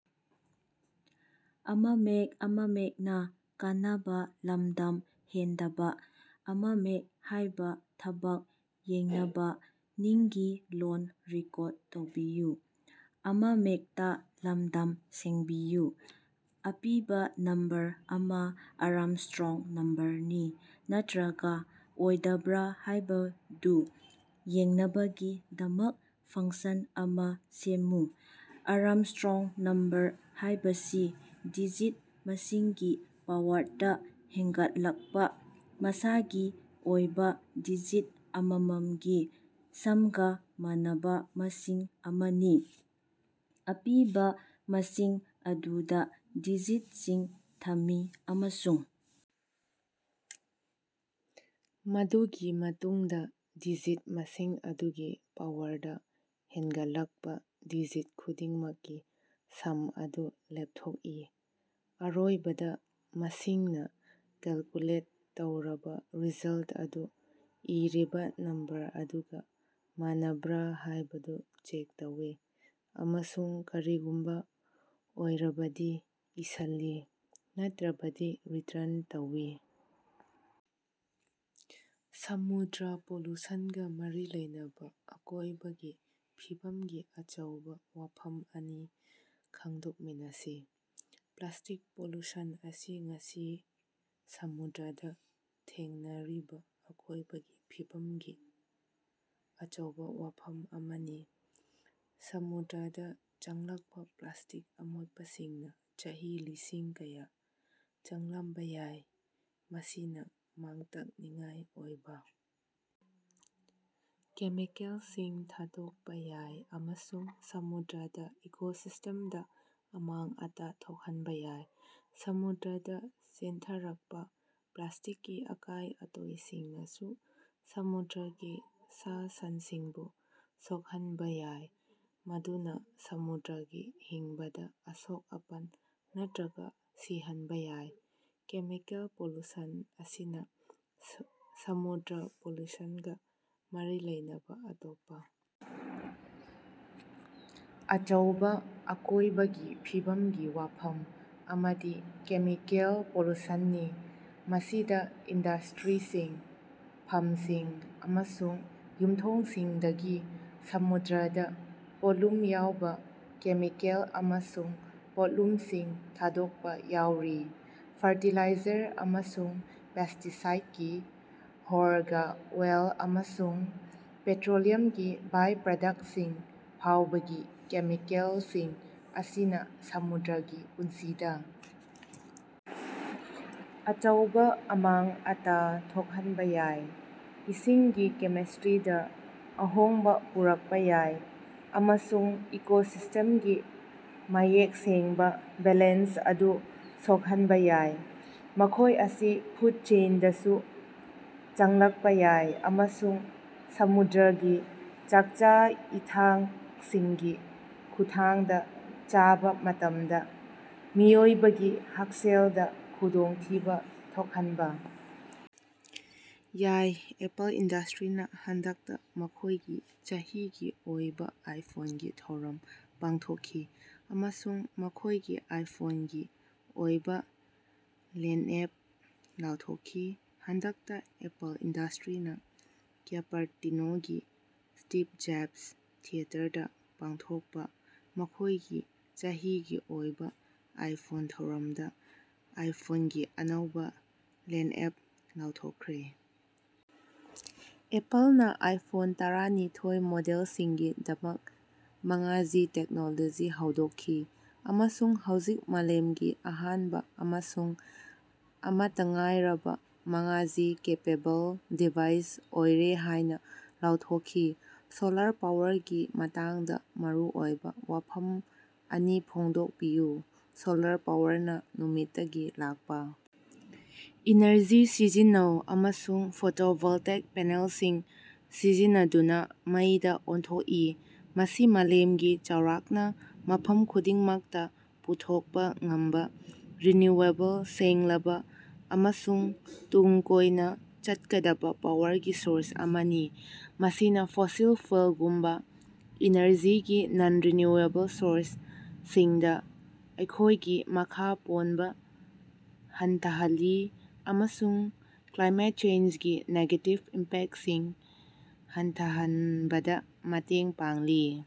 ꯑꯄꯤꯕꯥ ꯅꯝꯕꯔ ꯑꯃꯥ ꯑꯥꯔꯝꯁꯇ꯭ꯔꯣꯡ ꯅꯝꯕꯔꯅꯤ ꯅꯠꯇ꯭ꯔꯒꯥ ꯑꯣꯏꯗꯕ꯭ꯔꯥ ꯍꯥꯏꯕꯗꯨ ꯌꯦꯡꯅꯕꯒꯤꯗꯃꯛ ꯐꯪꯁꯟ ꯑꯃꯥ ꯁꯦꯝꯃꯨ꯫ ꯑꯥꯔꯝꯁꯇ꯭ꯔꯣꯡ ꯅꯝꯕꯔ ꯍꯥꯕꯁꯤ ꯗꯤꯖꯤꯠ ꯃꯁꯤꯡꯒꯤ ꯄꯥꯋꯔꯗꯥ ꯍꯦꯟꯒꯠꯂꯛꯄꯥ ꯃꯁꯥꯒꯤ ꯑꯣꯏꯕꯥ ꯗꯤꯖꯤꯠ ꯑꯃꯃꯝꯒꯤ ꯁꯝꯒꯥ ꯃꯥꯟꯅꯕꯥ ꯃꯁꯤꯡ ꯑꯃꯅꯤ꯫ ꯑꯄꯤꯕꯥ ꯃꯁꯤꯡ ꯑꯗꯨꯗꯥ ꯗꯤꯖꯤꯠꯁꯤꯡ ꯊꯝꯃꯤ ꯑꯃꯁꯨꯡ ꯃꯗꯨꯒꯤ ꯃꯇꯨꯡꯗꯥ ꯗꯤꯖꯤꯠ ꯃꯁꯤꯡ ꯑꯗꯨꯒꯤ ꯄꯥꯋꯔꯗꯥ ꯍꯦꯟꯒꯠꯂꯛꯄꯥ ꯗꯤꯖꯤꯠ ꯈꯨꯗꯤꯡꯃꯛꯀꯤ ꯁꯝ ꯑꯗꯨ ꯂꯦꯞꯊꯣꯛꯏ꯫ ꯑꯔꯣꯏꯕꯗꯥ, ꯃꯁꯤꯅꯥ ꯀꯦꯜꯀꯨꯂꯦꯠ ꯇꯧꯔꯕꯥ ꯔꯤꯖꯜ ꯑꯗꯨ ꯑꯔꯤꯕꯥ ꯅꯝꯕꯔ ꯑꯗꯨꯒꯥ ꯃꯥꯟꯅꯕ꯭ꯔꯥ ꯍꯥꯏꯕꯗꯨ ꯆꯦꯛ ꯇꯧꯏ ꯑꯃꯁꯨꯡ ꯀꯔꯤꯒꯨꯝꯕꯥ ꯑꯣꯏꯔꯕꯗꯤ ꯏꯁꯜꯂꯤ, ꯅꯠꯇ꯭ꯔꯕꯗꯤ ꯔꯤꯇ꯭ꯔꯟ ꯇꯧꯏ꯫ ꯁꯃꯨꯗ꯭ꯔ ꯄꯣꯂꯨꯁꯟꯒꯥ ꯃꯔꯤ ꯂꯩꯅꯕꯥ ꯑꯀꯣꯏꯕꯒꯤ ꯐꯤꯕꯝꯒꯤ ꯑꯆꯧꯕꯥ ꯋꯥꯐꯝ ꯑꯅꯤ ꯈꯪꯗꯣꯛꯃꯤꯅꯁꯤ꯫ ꯄ꯭ꯂꯥꯁꯇꯤꯛ ꯄꯣꯂꯨꯁꯟ ꯑꯁꯤ ꯉꯁꯤ ꯁꯃꯨꯗ꯭ꯔꯗꯥ ꯊꯦꯡꯅꯔꯤꯕꯥ ꯑꯀꯣꯏꯕꯒꯤ ꯐꯤꯕꯝꯒꯤ ꯑꯆꯧꯕꯥ ꯋꯥꯐꯝ ꯑꯃꯅꯤ꯫ ꯁꯃꯨꯗ꯭ꯔꯗꯥ ꯆꯪꯂꯛꯄꯥ ꯄ꯭ꯂꯥꯁꯇꯤꯛ ꯑꯃꯣꯠꯄꯁꯤꯡꯅꯥ ꯆꯍꯤ ꯂꯤꯁꯤꯡ ꯀꯌꯥ ꯆꯪꯂꯝꯕꯥ ꯌꯥꯏ, ꯃꯁꯤꯅꯥ ꯃꯥꯡ-ꯇꯥꯛꯅꯤꯡꯉꯥꯏ ꯑꯣꯏꯕꯥ ꯀꯦꯃꯤꯀꯦꯜꯁꯤꯡ ꯊꯥꯗꯣꯛꯄꯥ ꯌꯥꯏ ꯑꯃꯁꯨꯡ ꯁꯃꯨꯗ꯭ꯔꯒꯤ ꯏꯀꯣꯁꯤꯁꯇꯦꯝꯗꯥ ꯑꯃꯥꯡ-ꯑꯇꯥ ꯊꯣꯛꯍꯟꯕꯥ ꯌꯥꯏ꯫ ꯁꯃꯨꯗ꯭ꯔꯗꯥ ꯆꯦꯟꯊꯔꯛꯄꯥ ꯄ꯭ꯂꯥꯁꯇꯤꯛꯀꯤ ꯑꯀꯥꯏ-ꯑꯇꯣꯏꯁꯤꯡꯅꯁꯨ ꯁꯃꯨꯗ꯭ꯔꯒꯤ ꯁꯥ-ꯁꯟꯁꯤꯡꯕꯨ ꯁꯣꯛꯍꯟꯕꯥ ꯌꯥꯏ, ꯃꯗꯨꯅꯥ ꯁꯃꯨꯗ꯭ꯔꯒꯤ ꯍꯤꯡꯕꯗꯥ ꯑꯁꯣꯛ-ꯑꯄꯟ ꯅꯠꯇ꯭ꯔꯒꯥ ꯁꯤꯍꯟꯕꯥ ꯌꯥꯏ꯫ ꯀꯦꯃꯤꯀꯦꯜ ꯄꯣꯂꯨꯁꯟ ꯑꯁꯤꯅ ꯁꯃꯨꯗ꯭ꯔ ꯄꯣꯂꯨꯁꯟ ꯒꯥ ꯃꯔꯤ ꯂꯩꯅꯕꯥ ꯑꯇꯣꯞꯄꯥ ꯑꯆꯧꯕꯥ ꯑꯀꯣꯏꯕꯒꯤ ꯐꯤꯕꯝꯒꯤ ꯋꯥꯐꯝ ꯑꯃꯗꯤ ꯀꯦꯃꯤꯀꯦꯜ ꯄꯣꯂꯨꯁꯟꯅꯤ, ꯃꯁꯤꯗꯥ ꯏꯟꯗꯁꯇ꯭ꯔꯤꯁꯤꯡ, ꯐꯥꯝꯁꯤꯡ ꯑꯃꯁꯨꯡ ꯌꯨꯝꯊꯣꯡꯁꯤꯡꯗꯒꯤ ꯁꯃꯨꯗ꯭ꯔꯗꯥ ꯄꯣꯠꯂꯨꯝ ꯌꯥꯎꯕꯥ ꯀꯦꯃꯤꯀꯦꯜꯁꯤꯡ ꯑꯃꯁꯨꯡ ꯄꯣꯠꯂꯝꯁꯤꯡ ꯊꯥꯗꯣꯛꯄꯥ ꯌꯥꯎꯔꯤ꯫ ꯐꯔꯇꯤꯂꯥꯏꯖꯔ ꯑꯃꯁꯨꯡ ꯄꯦꯁꯇꯤꯁꯥꯏꯠꯀꯤ ꯍꯧꯔꯒꯥ ꯑꯣꯏꯜ ꯑꯃꯁꯨꯡ ꯄꯦꯇ꯭ꯔꯣꯂꯤꯌꯝꯒꯤ ꯕꯥꯏꯄ꯭ꯔꯗꯛꯁꯁꯤꯡ ꯐꯥꯎꯕꯒꯤ ꯀꯦꯃꯤꯀꯦꯜꯁꯤꯡ ꯑꯁꯤꯅꯥ ꯁꯃꯨꯗ꯭ꯔꯒꯤ ꯄꯨꯟꯁꯤꯗꯥ ꯑꯆꯧꯕꯥ ꯑꯃꯥꯡ-ꯑꯇꯥ ꯊꯣꯛꯍꯟꯕꯥ ꯌꯥꯏ, ꯏꯁꯤꯡꯒꯤ ꯀꯦꯃꯤꯁꯇ꯭ꯔꯤꯗꯥ ꯑꯍꯣꯡꯕꯥ ꯄꯨꯔꯛꯄꯥ ꯌꯥꯏ ꯑꯃꯁꯨꯡ ꯏꯀꯣꯁꯤꯁꯇꯦꯝꯒꯤ ꯃꯌꯦꯛ ꯁꯦꯡꯕꯥ ꯕꯦꯂꯦꯟꯁ ꯑꯗꯨ ꯁꯣꯛꯍꯟꯕꯥ ꯌꯥꯏ꯫ ꯃꯈꯣꯏ ꯑꯁꯤ ꯐꯨꯠ ꯆꯦꯟꯗꯁꯨ ꯆꯪꯂꯛꯄꯥ ꯌꯥꯏ ꯑꯃꯁꯨꯡ ꯁꯃꯨꯗ꯭ꯔꯒꯤ ꯆꯥꯛꯆꯥ-ꯏꯊꯛꯁꯤꯡꯒꯤ ꯈꯨꯠꯊꯥꯡꯗꯥ ꯆꯥꯕꯥ ꯃꯇꯝꯗꯥ ꯃꯤꯑꯣꯏꯕꯒꯤ ꯍꯛꯁꯦꯜꯗꯥ ꯈꯨꯗꯣꯡꯊꯤꯕꯥ ꯊꯣꯛꯍꯟꯕꯥ ꯌꯥꯏ꯫ ꯑꯦꯄꯜ ꯏꯟꯗꯁꯇ꯭ꯔꯤꯅꯥ ꯍꯟꯗꯛꯇꯥ ꯃꯈꯣꯏꯒꯤ ꯆꯍꯤꯒꯤ ꯑꯣꯏꯕꯥ ꯑꯥꯏꯐꯣꯟꯒꯤ ꯊꯧꯔꯝ ꯄꯥꯡꯊꯣꯛꯈꯤ ꯑꯃꯁꯨꯡ ꯃꯈꯣꯏꯒꯤ ꯑꯥꯏꯐꯣꯟꯒꯤ ꯑꯅꯧꯕꯥ ꯂꯥꯏꯟꯑꯞ ꯂꯥꯎꯊꯣꯛꯈꯤ꯫ ꯍꯟꯗꯛꯇꯥ ꯑꯦꯄꯜ ꯏꯟꯗꯁꯇ꯭ꯔꯤꯅꯥ ꯀ꯭ꯌꯨꯄꯥꯔꯇꯤꯅꯣꯒꯤ ꯁ꯭ꯇꯤꯞ ꯖꯞꯁ ꯊꯤꯌꯦꯇꯔꯗꯥ ꯄꯥꯡꯊꯣꯛꯄꯥ ꯃꯈꯣꯏꯒꯤ ꯆꯍꯤꯒꯤ ꯑꯣꯏꯕꯥ ꯑꯥꯏꯐꯣꯟ ꯊꯧꯔꯝꯗꯥ ꯑꯥꯏꯐꯣꯟꯒꯤ ꯑꯅꯧꯕꯥ ꯂꯥꯏꯟꯑꯦꯞ ꯂꯥꯎꯊꯣꯛꯈ꯭ꯔꯦ꯫ ꯑꯦꯄꯜꯅꯥ ꯑꯥꯏꯐꯣꯟ ꯇꯔꯥꯅꯤꯊꯣꯏ ꯃꯣꯗꯦꯜꯁꯤꯡꯒꯤꯗꯃꯛ ꯃꯉꯥ ꯖꯤ ꯇꯦꯛꯅꯣꯂꯣꯖꯤ ꯍꯧꯗꯣꯛꯈꯤ ꯑꯃꯁꯨꯡ ꯍꯧꯖꯤꯛ ꯃꯥꯂꯦꯝꯒꯤ ꯑꯍꯥꯟꯕꯥ ꯑꯃꯁꯨꯡ ꯑꯃꯠꯇꯥ ꯉꯥꯏꯔꯕꯥ ꯃꯉꯥ ꯖꯤ ꯀꯦꯄꯦꯕꯜ ꯗꯤꯚꯥꯏꯁ ꯑꯣꯏꯔꯦ ꯍꯥꯏꯅꯥ ꯂꯥꯎꯊꯣꯛꯈꯤ꯫ ꯁꯣꯂꯥꯔ ꯄꯥꯋꯔꯒꯤ ꯃꯇꯥꯡꯗꯥ ꯃꯔꯨꯑꯣꯏꯕꯥ ꯋꯥꯐꯝ ꯑꯅꯤ ꯐꯣꯡꯗꯣꯛꯄꯤꯌꯨ꯫ ꯁꯣꯂꯥꯔ ꯄꯥꯋꯔꯅꯥ ꯅꯨꯃꯤꯠꯇꯒꯤ ꯂꯥꯛꯄꯥ ꯏꯅꯔꯖꯤ ꯁꯤꯖꯤꯟꯅꯩ ꯑꯃꯁꯨꯡ ꯐꯣꯇꯣꯚꯣꯜꯇꯦꯛ ꯄꯦꯅꯦꯜꯁꯤꯡ ꯁꯤꯖꯤꯟꯅꯗꯨꯅꯥ ꯃꯩꯗꯥ ꯑꯣꯟꯊꯣꯛꯏ꯫ ꯃꯁꯤ ꯃꯥꯂꯦꯝꯒꯤ ꯆꯥꯎꯔꯥꯛꯅꯥ ꯃꯐꯝ ꯈꯨꯗꯤꯡꯃꯛꯇꯥ ꯄꯨꯊꯣꯛꯄꯥ ꯉꯝꯕꯥ ꯔꯤꯅ꯭ꯌꯨꯑꯦꯕꯜ, ꯁꯦꯡꯂꯕꯥ ꯑꯃꯁꯨꯡ ꯇꯨꯡ ꯀꯣꯏꯅꯥ ꯆꯠꯀꯗꯕꯥ ꯄꯥꯋꯔꯒꯤ ꯁꯣꯔꯁ ꯑꯃꯅꯤ, ꯃꯁꯤꯅꯥ ꯐꯣꯁꯤꯜ ꯐ꯭ꯌꯨꯑꯦꯜꯒꯨꯝꯕꯥ ꯏꯅꯔꯖꯤꯒꯤ ꯅꯟ-ꯔꯤꯅ꯭ꯌꯨꯑꯦꯕꯜ ꯁꯣꯔꯁꯁꯤꯡꯗꯥ ꯑꯩꯈꯣꯏꯒꯤ ꯃꯈꯥ ꯄꯣꯟꯕꯥ ꯍꯟꯊꯍꯜꯂꯤ ꯑꯃꯁꯨꯡ ꯀ꯭ꯂꯥꯏꯃꯦꯠ ꯆꯦꯟꯖꯒꯤ ꯅꯦꯒꯦꯇꯤꯕ ꯏꯝꯄꯦꯛꯁꯤꯡ ꯍꯟꯊꯍꯟꯕꯗꯥ ꯃꯇꯦꯡ ꯄꯥꯡꯂꯤ꯫